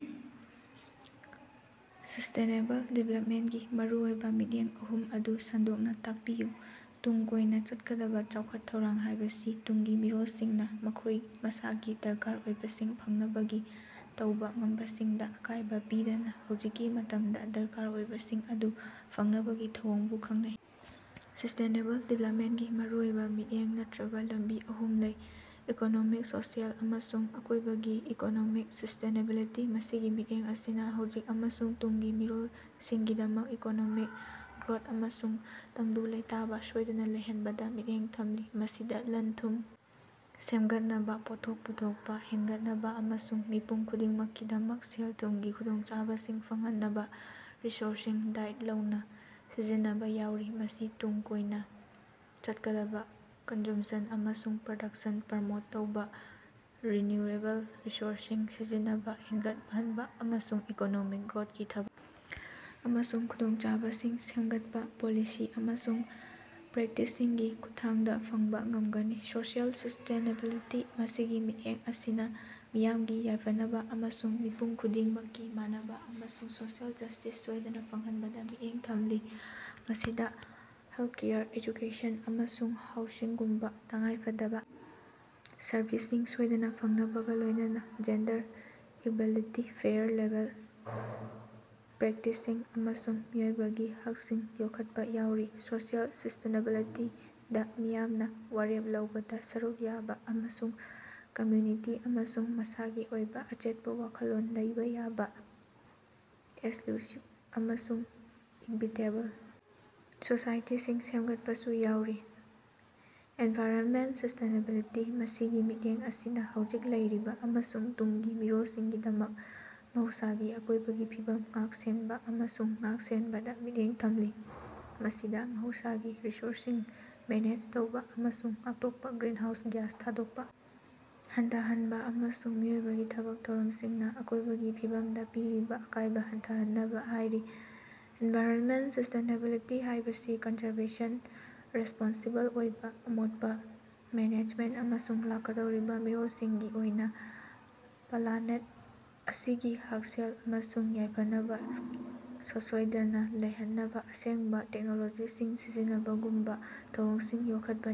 Sustainable ꯗꯤꯕꯂꯞꯃꯦꯟꯒꯤ ꯃꯔꯨꯑꯣꯏꯕ ꯃꯤꯠꯌꯦꯡ ꯑꯍꯨꯝ ꯑꯗꯨ ꯁꯟꯗꯣꯛꯅ ꯇꯥꯛꯄꯤꯌꯨ꯫ ꯇꯨꯡ ꯀꯣꯏꯅ ꯆꯠꯀꯗꯕ ꯆꯥꯎꯈꯠ ꯊꯧꯔꯥꯡ ꯍꯥꯏꯕꯁꯤ ꯇꯨꯡꯒꯤ ꯃꯤꯔꯣꯜꯁꯤꯡꯅ ꯃꯈꯣꯏ ꯃꯁꯥꯒꯤ ꯗꯔꯀꯥꯔ ꯑꯣꯏꯕꯁꯤꯡ ꯐꯪꯅꯕꯒꯤ ꯇꯧꯕ ꯉꯝꯕꯁꯤꯡꯗ ꯑꯀꯥꯏꯕ ꯄꯤꯗꯅ ꯍꯧꯖꯤꯛꯀꯤ ꯃꯇꯝꯒꯤ ꯗꯔꯀꯥꯔ ꯑꯣꯏꯕꯁꯤꯡ ꯑꯗꯨ ꯐꯪꯅꯕꯒꯤ ꯊꯧꯑꯣꯡꯕꯨ ꯈꯪꯅꯩ꯫ ꯁꯤꯁꯇꯦꯅꯦꯕꯜ ꯗꯤꯕꯂꯞꯃꯦꯟꯒꯤ ꯃꯔꯨꯑꯣꯏꯕ ꯃꯤꯠꯌꯦꯡ ꯅꯠꯇꯔꯥꯒ ꯂꯝꯕꯤ ꯑꯍꯨꯝ ꯂꯩ꯫ ꯏꯀꯣꯅꯣꯃꯤꯛ ꯁꯣꯁꯤꯑꯦꯜ ꯑꯃꯁꯨꯡ ꯑꯀꯣꯏꯕꯒꯤ ꯏꯀꯣꯅꯣꯃꯤꯛ ꯁꯤꯁꯇꯦꯅꯦꯕꯤꯂꯤꯇꯤ ꯃꯁꯤꯒꯤ ꯃꯤꯠꯌꯦꯡ ꯑꯁꯤꯅ ꯍꯧꯖꯤꯛ ꯑꯃꯁꯨꯡ ꯇꯨꯡꯒꯤ ꯃꯤꯔꯣꯜꯁꯤꯡꯒꯤꯗꯃꯛ ꯏꯀꯣꯅꯣꯃꯤꯛ ꯒꯔꯣꯠ ꯑꯃꯁꯨꯡ ꯇꯪꯗꯨ ꯂꯩꯇꯥꯕ ꯁꯣꯏꯗꯅ ꯂꯩꯍꯟꯕꯗ ꯃꯤꯠꯌꯦꯡ ꯊꯝꯂꯤ꯫ ꯃꯁꯤꯗ ꯂꯟ ꯊꯨꯝ ꯁꯦꯝꯒꯠꯅꯕ ꯄꯣꯠꯊꯣꯛ ꯄꯨꯊꯣꯛꯄ ꯍꯦꯟꯒꯠꯍꯟꯅꯕ ꯑꯃꯁꯨꯡ ꯃꯤꯄꯨꯝ ꯈꯨꯗꯤꯡꯃꯛꯀꯤꯗꯃꯛ ꯁꯦꯜ ꯊꯨꯝꯒꯤ ꯈꯨꯗꯣꯡꯆꯥꯕꯁꯤꯡ ꯐꯪꯍꯟꯅꯕ ꯔꯤꯁꯣꯔꯁꯁꯤꯡ ꯗꯥꯏꯠ ꯂꯩꯅ ꯁꯤꯖꯤꯟꯅꯕ ꯌꯥꯎꯔꯤ꯫ ꯃꯁꯤ ꯇꯨꯡ ꯀꯣꯏꯅ ꯆꯠꯀꯗꯕ ꯀꯟꯖꯨꯝꯁꯟ ꯑꯃꯁꯨꯡ ꯄꯔꯗꯛꯁꯟ ꯄꯔꯃꯣꯠ ꯇꯧꯕ ꯔꯤꯟꯅꯨꯑꯦꯕꯜ ꯔꯤꯁꯣꯔꯁꯁꯤꯡ ꯁꯤꯖꯤꯟꯅꯕ ꯍꯦꯟꯒꯠꯍꯟꯕ ꯑꯃꯁꯨꯡ ꯏꯀꯣꯅꯣꯃꯤꯛ ꯒ꯭ꯔꯣꯠꯀꯤ ꯊꯕꯛ ꯑꯃꯁꯨꯡ ꯈꯨꯗꯣꯡꯆꯥꯕꯁꯤꯡ ꯁꯦꯝꯒꯠꯄ ꯄꯣꯂꯤꯁꯤ ꯑꯃꯁꯨꯡ ꯄ꯭ꯔꯦꯛꯇꯤꯁꯁꯤꯡꯒꯤ ꯈꯨꯠꯊꯥꯡꯗ ꯐꯪꯕ ꯉꯝꯒꯅꯤ꯫ ꯁꯣꯁꯤꯑꯦꯜ ꯁꯤꯁꯇꯦꯅꯦꯕꯤꯂꯤꯇꯤ ꯃꯁꯤꯒꯤ ꯃꯤꯠꯌꯦꯡ ꯑꯁꯤꯅ ꯃꯤꯌꯥꯝꯒꯤ ꯌꯥꯏꯐꯅꯕ ꯑꯃꯁꯨꯡ ꯃꯤꯄꯨꯝ ꯈꯨꯗꯤꯡꯃꯛꯀꯤ ꯃꯥꯟꯅꯕ ꯑꯃꯁꯨꯡ ꯁꯣꯁꯤꯑꯦꯜ ꯖꯁꯇꯤꯁ ꯁꯣꯏꯗꯅ ꯐꯪꯍꯟꯕꯗ ꯃꯤꯠꯌꯦꯡ ꯊꯝꯂꯤ꯫ ꯃꯁꯤꯗ ꯍꯦꯜꯀꯦꯌꯔ ꯑꯦꯖꯨꯀꯦꯁꯟ ꯑꯃꯁꯨꯡ ꯍꯥꯎꯁꯤꯡꯒꯨꯝꯕ ꯇꯉꯥꯏꯐꯗꯕ ꯁꯔꯚꯤꯁꯁꯤꯡ ꯁꯣꯏꯗꯅ ꯐꯪꯅꯕꯒ ꯂꯣꯌꯅꯅ ꯖꯦꯟꯗꯔ ꯏꯛꯕꯦꯂꯤꯇꯤ ꯐꯦꯌꯔ ꯂꯦꯕꯔ ꯄꯔꯦꯛꯇꯤꯁꯁꯤꯡ ꯑꯃꯁꯨꯡ ꯃꯤꯑꯣꯏꯕꯒꯤ ꯍꯛꯁꯤꯡ ꯌꯣꯛꯈꯠꯄ ꯌꯥꯎꯔꯤ꯫ ꯁꯣꯁꯤꯑꯦꯜ ꯁꯤꯁꯇꯦꯅꯦꯕꯤꯂꯤꯇꯤꯗ ꯃꯤꯌꯥꯝꯅ ꯋꯥꯔꯦꯞ ꯂꯧꯕꯗ ꯁꯔꯨꯛ ꯌꯥꯕ ꯑꯃꯁꯨꯡ ꯀꯝꯃꯨꯅꯤꯇꯤ ꯑꯃꯁꯨꯡ ꯃꯁꯥꯒꯤ ꯑꯣꯏꯕ ꯑꯆꯦꯠꯄ ꯋꯥꯈꯜꯂꯣꯟ ꯂꯩꯕ ꯌꯥꯕ ꯑꯦꯁꯂꯨꯁꯤꯕ ꯑꯃꯁꯨꯡ ꯏꯛꯕꯤꯇꯦꯕꯜ ꯁꯣꯁꯥꯏꯇꯤꯁꯤꯡ ꯁꯦꯝꯒꯠꯄꯁꯨ ꯌꯥꯎꯔꯤ꯫ ꯑꯦꯟꯚꯥꯏꯔꯣꯃꯦꯟ ꯁꯤꯁꯇꯦꯅꯦꯕꯤꯂꯤꯇꯤ ꯃꯁꯤꯒꯤ ꯃꯤꯠꯌꯦꯡ ꯑꯁꯤꯅ ꯍꯧꯖꯤꯛ ꯂꯩꯔꯤꯕ ꯑꯃꯁꯨꯡ ꯇꯨꯡꯒꯤ ꯃꯤꯔꯣꯜꯁꯤꯡꯒꯤꯗꯃꯛ ꯃꯍꯧꯁꯥꯒꯤ ꯑꯀꯣꯏꯕꯒꯤ ꯐꯤꯕꯝ ꯉꯥꯛ ꯁꯦꯟꯕ ꯑꯃꯁꯨꯡ ꯉꯥꯛ ꯁꯦꯟꯕꯗ ꯃꯤꯠꯌꯦꯡ ꯊꯝꯂꯤ꯫ ꯃꯁꯤꯗ ꯃꯍꯧꯁꯥꯒꯤ ꯔꯤꯁꯣꯔꯁꯁꯤꯡ ꯃꯦꯅꯦꯖ ꯇꯧꯕ ꯑꯃꯁꯨꯡ ꯉꯥꯛꯊꯣꯛꯄ ꯒ꯭ꯔꯤꯟꯍꯥꯎꯁ ꯒꯤꯌꯥꯁ ꯊꯥꯗꯣꯛꯄ ꯍꯟꯊꯍꯟꯕ ꯑꯃꯁꯨꯡ ꯃꯤꯑꯣꯏꯕꯒꯤ ꯊꯕꯛ ꯊꯧꯔꯝꯁꯤꯡꯅ ꯑꯀꯣꯏꯕꯒꯤ ꯐꯤꯕꯝꯗ ꯄꯤꯔꯤꯕ ꯑꯀꯥꯏꯕ ꯍꯟꯊꯍꯟꯅꯕ ꯍꯥꯏꯔꯤ꯫ ꯑꯦꯟꯚꯥꯏꯔꯣꯃꯦꯟ ꯁꯤꯁꯇꯦꯅꯦꯕꯤꯂꯤꯇꯤ ꯍꯥꯏꯕꯁꯤ ꯀꯟꯖꯔꯕꯦꯁꯟ ꯔꯦꯁꯄꯣꯟꯁꯤꯕꯜ ꯑꯣꯏꯕ ꯑꯃꯣꯠꯄ ꯃꯦꯅꯦꯖꯃꯦꯟ ꯑꯃꯁꯨꯡ ꯂꯥꯛꯀꯗꯧꯔꯤꯕ ꯃꯤꯔꯣꯜꯁꯤꯡꯒꯤ ꯑꯣꯏꯅ ꯄꯂꯥꯅꯦꯠ ꯑꯁꯤꯒꯤ ꯍꯛꯁꯦꯜ ꯑꯃꯁꯨꯡ ꯌꯥꯏꯐꯅꯕ ꯁꯁꯣꯏꯗꯅ ꯂꯩꯍꯟꯅꯕ ꯑꯁꯦꯡꯕ ꯇꯦꯛꯅꯣꯂꯣꯖꯤꯁꯤꯡ ꯁꯤꯖꯤꯟꯅꯕꯒꯨꯝꯕ ꯊꯧꯑꯣꯡꯁꯤꯡ ꯌꯣꯛꯈꯠꯄꯅꯤ꯫